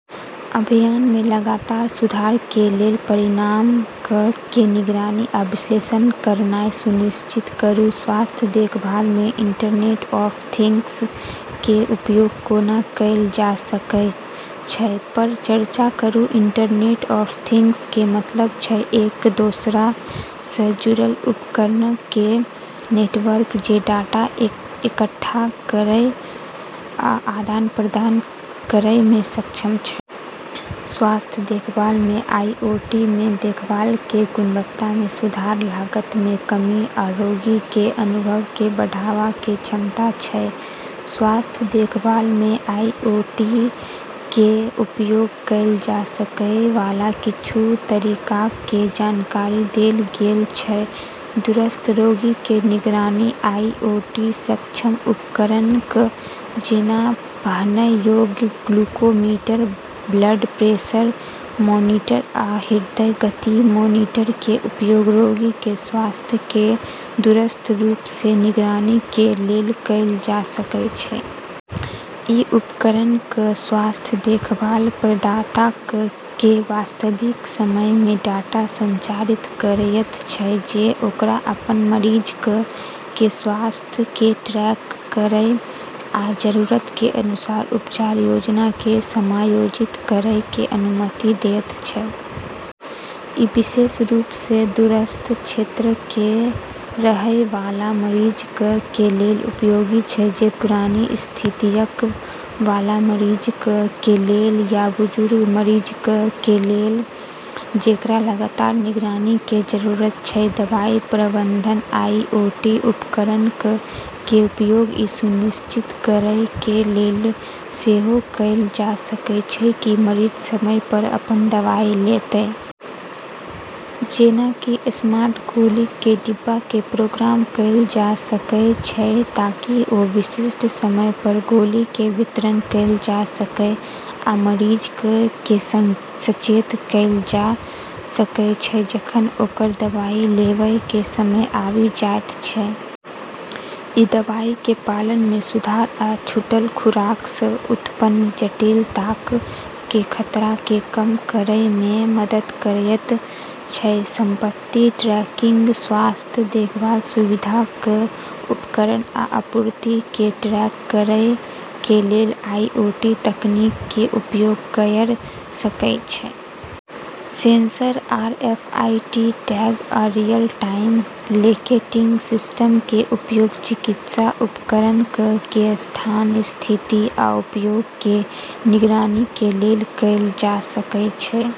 अभियान मे लगातार सुधार कें लेल परिणामक कें निगरानी आ विश्लेषण करनाय सुनिश्चित करूं. स्वास्थ्य देखभाल मे इंटरनेट ऑफ थिंग्स कें उपयोग कोना कैल जा सकएय छै, पर चर्चा करूं. इंटरनेट ऑफ थिंग्स कें मतलब छै एक दोसरा सं जुड़ल उपकरणक कें नेटवर्क जे डाटा इकट्ठा करय आ आदान-प्रदान करय मे सक्षम छै. स्वास्थ्य देखभाल मे आईओटी मे देखभाल कें गुणवत्ता मे सुधार, लागत मे कमी आ रोगी कें अनुभव कें बढ़ावा कें क्षमता छै. स्वास्थ्य देखभाल मे आईओटी कें उपयोग कैल जा सकय वाला किच्छू तरीकाक कें जानकारी देल गेल छै: दूरस्थ रोगी कें निगरानी: आईओटी-सक्षम उपकरणक जेना पहनय योग्य, ग्लूकोमीटर, ब्लड प्रेशर मॉनिटर, आ हृदय गति मॉनिटर कें उपयोग रोगी कें स्वास्थ्य कें दूरस्थ रूप सं निगरानी कें लेल कैल जा सकय छै. इ उपकरणक स्वास्थ्य देखभाल प्रदाताक कें वास्तविक समय मे डाटा संचारित करयत छै, जे ओकरा अपन मरीजक कें स्वास्थ्य कें ट्रैक करय आ जरूरत कें अनुसार उपचार योजना कें समायोजित करय कें अनुमति देयत छै. इ विशेष रूप सं दूरस्थ क्षेत्रक मे रहएय वाला मरीजक कें लेल उपयोगी छै, जे पुरानी स्थितियक वाला मरीजक कें लेल या बुजुर्ग मरीजक कें लेल जेकरा लगातार निगरानी कें जरूरत छै. दवाई प्रबंधन: आईओटी उपकरणक कें उपयोग इ सुनिश्चित करय कें लेल सेहो कैल जा सकय छै की मरीज समय पर अपन दवाई लेतय. जेना कि स्मार्ट गोलीक कें डिब्बा कें प्रोग्राम कैल जा सकएय छै ताकि ओ विशिष्ट समय पर गोली कें वितरण कैल जा सकएय आ मरीजक कें सचेत कैल जा सकएय छै जखन ओकर दवाई लेवय कें समय आबि जायत छै. इ दवाई कें पालन मे सुधार आ छूटल खुराक सं उत्पन्न जटिलताक कें खतरा कें कम करएय मे मदद करएयत छै. संपत्ति ट्रैकिंग: स्वास्थ्य देखभाल सुविधाक उपकरण आ आपूर्ति कें ट्रैक करय कें लेल आईओटी तकनीक कें उपयोग कयर सकय छै. सेंसर, आरएफआईडी टैग, आ रियल-टाइम लोकेटिंग सिस्टम कें उपयोग चिकित्सा उपकरणक कें स्थान, स्थिति आ उपयोग कें निगरानी कें लेल कैल जा सकय छै.